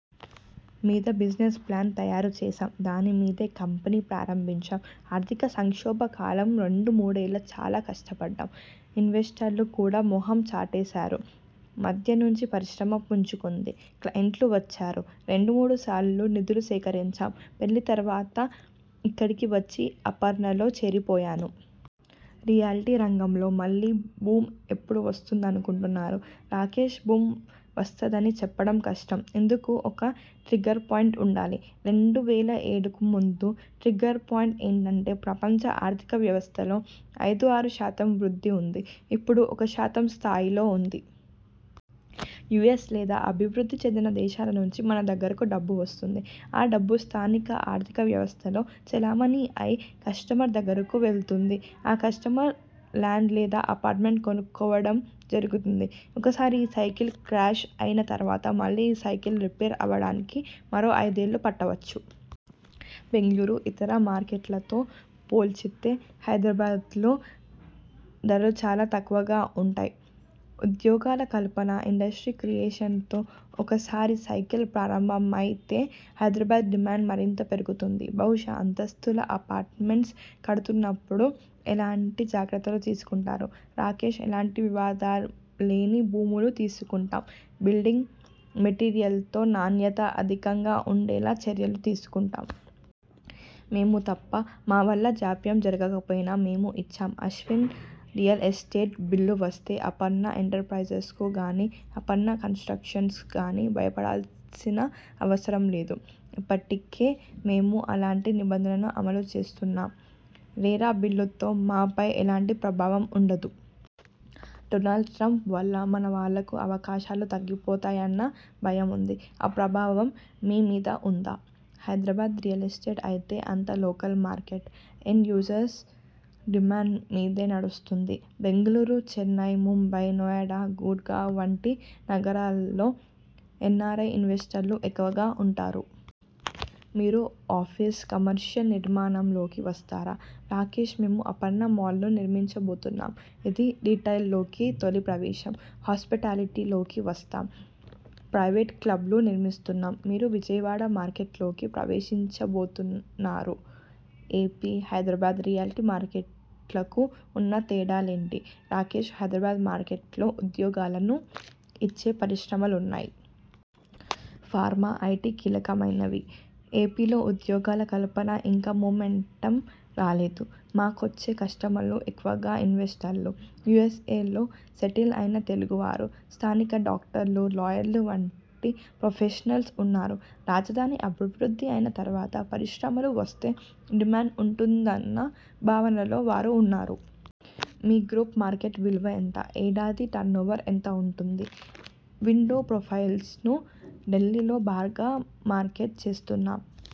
మీద business plan తయారు చేశాం. దాని మీదే కంపెనీ ప్రారంభించాం. ఆర్థిక సంక్షోభ కాలం రెండు మూడేళ్లు చాలా కష్టపడ్డాం. ఇన్వెస్టర్లు కూడా మొహం చాటేశారు. మధ్య నుంచి పరిశ్రమ పుంజుకుంది. క్లయింట్లు వచ్చారు. రెండు మూడుసార్లు నిధులు సేకరించాం. పెళ్లి తర్వాత ఇక్కడికి వచ్చి అపర్ణలో చేరిపోయాను. రియల్టీ రంగంలో మళ్లీ బూమ్ ఎప్పుడు వస్తుందనుకుంటున్నారు? రాకేష్ బూమ్ వస్తధని చెప్పడం కష్టం. ఇందుకు ఒక ట్రిగ్గర్ పాయింట్ ఉండాలి. రెండు వేల ఏడుకు ముందు ట్రిగ్గర్ పాయింట్ ఏంటంటే ప్రపంచ ఆర్థిక వ్యవస్థలో ఐదు ఆరు శాతం వృద్ధి ఉంది. ఇప్పుడు ఒక శాతం స్థాయిలో ఉంది. యుఎస్ లేదా అభివృద్ధి చెందిన దేశాల నుంచి మన దగ్గరకు డబ్బు వస్తుంది. ఆ డబ్బు స్థానిక ఆర్థిక వ్యవస్థలో చలామణి అయి కస్టమర్ దగ్గరకు వెళుతుంది. ఆ కస్టమర్ లాండ్ లేదా అపార్ట్మెంట్ కొనుక్కోవడం జరుగుతుంది. ఒకసారి ఈ సైకిల్ క్రాష్ అయిన తర్వాత మళ్లీ ఈ సైకిల్ రిపీట్ కావడానికి మరో ఐదేళ్లు పట్టవచ్చు. బెంగళూరు ఇతర మార్కెట్లతో పోల్చితే హైదరాబాద్లో ధరలు చాలా తక్కువగా ఉంటాయి. ఉద్యోగాల కల్పన, ఇండస్ట్రీ క్రియేషన్తో ఒక్కసారి సైకిల్ ప్రారంభమైతే హైదరాబాద్ డిమాండ్ మరింతగా పెరుగుతుంది. బహుళ అంతస్తుల అపార్ట్మెంట్స్ కడుతున్నప్పుడు ఎలాంటి జాగ్రత్తలు తీసుకుంటారు? రాకేష్ ఎలాంటి వివాదంలేని భూములు తీసుకుంటాం, బిల్డింగ్ మెటీరియల్లో నాణ్యత అధికంగా ఉండేలా చర్యలు తీసుకుంటాం. మేము తప్ప. మా వల్ల జాప్యం జరగకపోయినా మేము ఇచ్చాం. అశ్విన్ రియల్ ఎస్టేట్ బిల్లు వస్తే అపర్ణ ఎంటర్ప్రైజెస్కు గానీ, అపర్ణ కన్స్ట్రక్షన్స్ గానీ భయపడిపోవాల్సిన అవసరం లేదు. ఇప్పటికే మేము అలాంటి నిబంధనలను అమలు చేస్తున్నాం. రేరా బిల్లుతో మాపై ఎలాంటి ప్రభావం ఉండదు. డొనాల్డ్ ట్రంప్ వల్ల మన వాళ్లకు అవకాశాలు తగ్గిపోతాయన్న భయం ఉంది. ఆ ప్రభావం మీ మీద ఉందా? హైదరాబాద్ రియల్ ఎస్టేట్ అయితే అంతా local market. End user demand మీదే నడుస్తోంది. బెంగళూరు, చెన్నై, ముంబై, నోయిడా, గుర్గావ్ వంటి నగరాల్లో ఎన్ఆర్ఐ ఇన్వెస్టర్లు ఎక్కువగా ఉంటారు. మీరు ఆఫీస్, కమర్షియల్ నిర్మాణంలోకి వస్తారా? రాకేష్ మేము అపర్ణ మాల్ను నిర్మించబోతున్నాం. ఇది రిటైల్లోకి తొలి ప్రవేశం. హాస్పిటాలిటీలోకి వస్తాం. ప్రైవేట్ క్లబ్ను నిర్మిస్తున్నాం. మీరు విజయవాడ మార్కెట్లోకి ప్రవేశించబోతున్నారు. ఎపి, హైదరాబాద్ రియల్టీ మార్కెట్లకు ఉన్న తేడాలేంటి? రాకేష్ హైదరాబాద్ మార్కెట్లో ఉద్యోగాలను ఇచ్చే పరిశ్రమలున్నాయి. Pharma, IT కీలకమైనవి. ఎపిలో ఉద్యోగాల కల్పనకు ఇంకా మూమెంటమ్ రాలేదు. మాకొచ్చే కస్టమర్లు ఎక్కువగా ఇన్వెస్టర్లు. యుఎ్సలో సెటిల్ అయిన తెలుగు వారు, స్థానిక డాక్టర్లు, లాయర్లు వంటి ప్రొఫెషనల్స్ ఉన్నారు. రాజధాని అభివృద్ధి అయిన తర్వాత పరిశ్రమలు వస్తే డిమాండ్ ఉంటుందన్న భావనలో వారు ఉన్నారు. మీ గ్రూప్ మార్కెట్ విలువ ఎంత? ఏడాది టర్నోవర్ ఎంత ఉంటుంది? విండో ప్రొఫైల్స్ను ఢిల్లీలో బాగా మార్కెట్ చేస్తున్నాం.